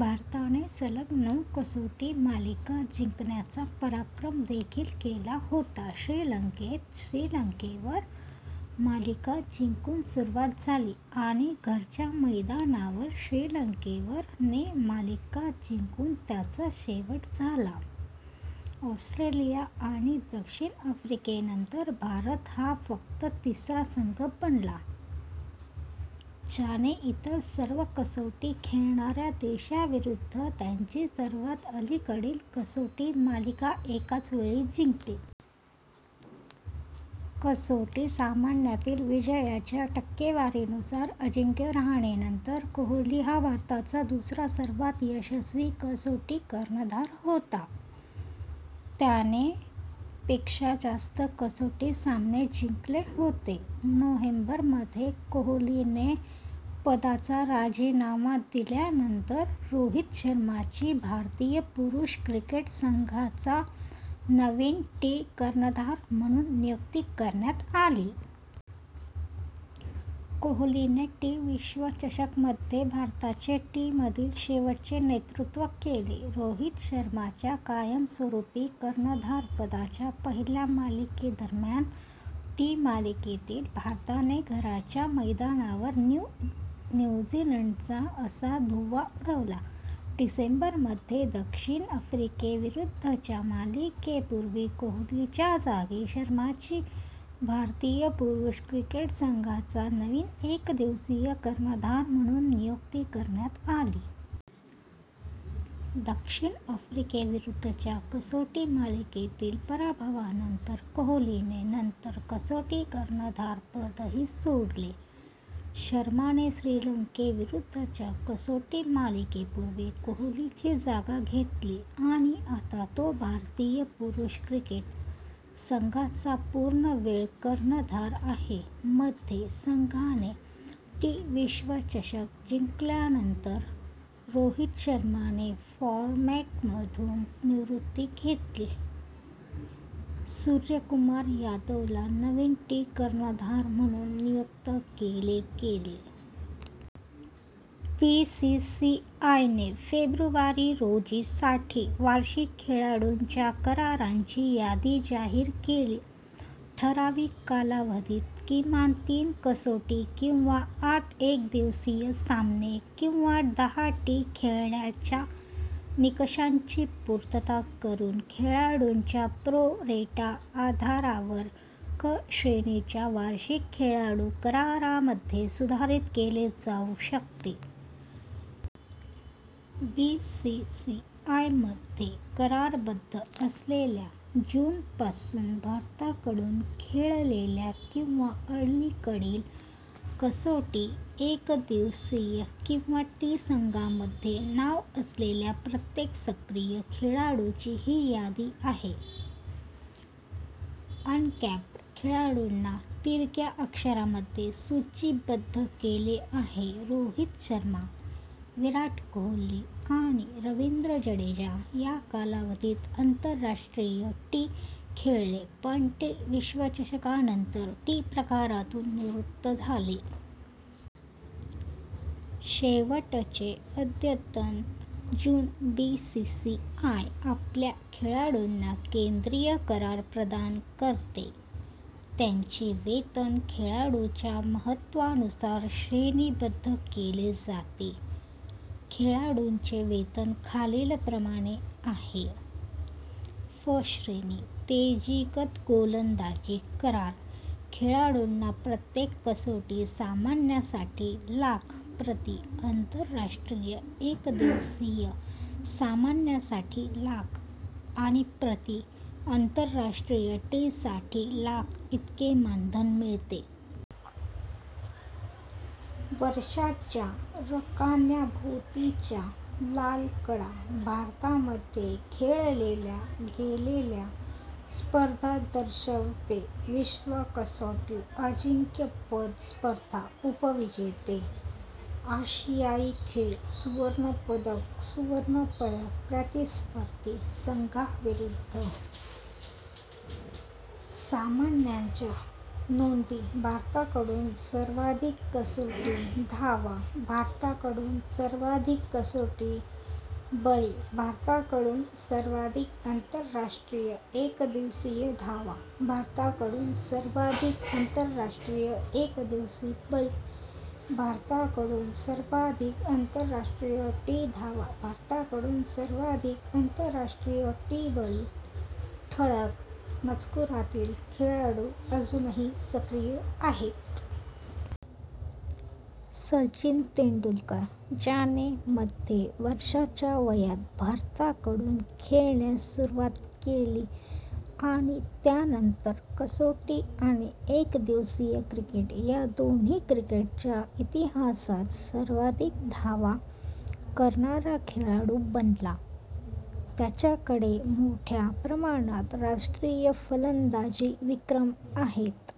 भारताने सलग नऊ कसोटी मालिका जिंकण्याचा पराक्रम देखील केला होता, श्रीलंकेत श्रीलंकेवर - मालिका जिंकून सुरुवात झाली आणि घरच्या मैदानावर श्रीलंकेवर - ने मालिका जिंकून त्याचा शेवट झाला. ऑस्ट्रेलिया आणि दक्षिण आफ्रिकेनंतर भारत हा फक्त तिसरा संघ बनला ज्याने इतर सर्व कसोटी खेळणाऱ्या देशांविरुद्ध त्यांची सर्वात अलीकडील कसोटी मालिका एकाच वेळी जिंकली. कसोटी सामन्यांतील विजयाच्या टक्केवारीनुसार, अजिंक्य रहाणेनंतर कोहली हा भारताचा दुसरा सर्वात यशस्वी कसोटी कर्णधार होता, त्याने पेक्षा जास्त कसोटी सामने जिंकले होते. नोव्हेंबर मध्ये, कोहलीने पदाचा राजीनामा दिल्यानंतर रोहित शर्माची भारतीय पुरुष क्रिकेट संघाचा नवीन टी कर्णधार म्हणून नियुक्ती करण्यात आली. कोहलीने टी विश्वचषक मध्ये भारताचे टी मधील शेवटचे नेतृत्व केले. रोहित शर्माच्या कायमस्वरूपी कर्णधारपदाच्या पहिल्या मालिकेदरम्यान टी मालिकेत भारताने घरच्या मैदानावर न्यू झीलंडचा - असा धुव्वा उडवला. डिसेंबर मध्ये, दक्षिण आफ्रिकेविरुद्धच्या मालिके पूर्वी कोहलीच्या जागी शर्माची भारतीय पुरुष क्रिकेट संघाचा नवीन एकदिवसीय कर्णधार म्हणून नियुक्ती करण्यात आली. दक्षिण आफ्रिकेविरुद्धच्या कसोटी मालिकेतील पराभवानंतर कोहलीने नंतर कसोटी कर्णधारपदही सोडले. शर्माने श्रीलंकेविरुद्धच्या कसोटी मालिकेपूर्वी कोहलीची जागा घेतली आणि आता तो भारतीय पुरुष क्रिकेट संघाचा पूर्णवेळ कर्णधार आहे. मध्ये, संघाने टी विश्वचषक जिंकल्यानंतर, रोहित शर्माने फॉर्मेटमधून निवृत्ती घेतली, सूर्यकुमार यादवला नवीन टी कर्णधार म्हणून नियुक्त केले गेले. बीसीसीआयने फेब्रुवारी रोजी - साठी वार्षिक खेळाडूंच्या करारांची यादी जाहीर केली. ठराविक कालावधीत किमान तीन कसोटी किंवा आठ एकदिवसीय सामने किंवा दहा टी- खेळण्याच्या निकषांची पूर्तता करून खेळाडूंना प्रो-रेटा आधारावर 'क' श्रेणीच्या वार्षिक खेळाडू करारामध्ये सुधारित केले जाऊ शकते. बीसीसीआयमध्ये करारबद्ध असलेल्या, जून पासून भारताकडून खेळलेल्या किंवा अलीकडील कसोटी, एकदिवसीय किंवा टी संघांमध्ये नाव असलेल्या प्रत्येक सक्रिय खेळाडूची ही यादी आहे. अनकॅप्ड खेळाडूंना तिरक्या अक्षरांमध्ये सूचीबद्ध केले आहे. रोहित शर्मा, विराट कोहली, आणि रवींद्र जडेजा या कालावधीत आंतरराष्ट्रीय टी खेळले पण टी विश्वचषकानंतर टी प्रकारांतून निवृत्त झाले. शेवटचे अद्यतन: जून बीसीसीआय आपल्या खेळाडूंना केंद्रीय करार प्रदान करते, त्यांचे वेतन खेळाडूच्या महत्त्वानुसार श्रेणीबद्ध केले जाते. खेळाडूंचे वेतन खालीलप्रमाणे आहे. फ श्रेणी – तेजगती गोलंदाजी करार खेळाडूंना प्रत्येक कसोटी सामन्यासाठी लाख, प्रति आंतरराष्ट्रीय एकदिवसीय सामन्यासाठी लाख आणि प्रति आंतरराष्ट्रीय टी साठी लाख इतके मानधन मिळते. वर्षाच्या रकान्याभोवतीच्या लाल कडा भारतामध्ये खेळल्या गेलेल्या स्पर्धा दर्शवतो. विश्व कसोटी अजिंक्यपद स्पर्धा: उपविजेते: -,- आशियाई खेळ सुवर्ण पदक: सुवर्ण पदक: प्रतिस्पर्धी संघांविरुद्ध सामन्यांच्या नोंदी भारताकडून सर्वाधिक कसोटी धावा भारताकडून सर्वाधिक कसोटी बळी भारताकडून सर्वाधिक आंतरराष्ट्रीय एकदिवसीय धावा भारताकडून सर्वाधिक आंतरराष्ट्रीय एकदिवसीय बळी भारताकडून सर्वाधिक आंतरराष्ट्रीय टी धावा भारताकडून सर्वाधिक आंतरराष्ट्रीय टी बळी ठळक मजकुरातील खेळाडू अजूनही सक्रिय आहेत. सचिन तेंडुलकर, ज्याने मध्ये वर्षांच्या वयात भारताकडून खेळण्यास सुरुवात केली आणि त्यानंतर कसोटी आणि एकदिवसीय क्रिकेट या दोन्ही क्रिकेटच्या इतिहासात सर्वाधिक धावा करणारा खेळाडू बनला, त्याच्याकडे मोठ्या प्रमाणात राष्ट्रीय फलंदाजी विक्रम आहेत.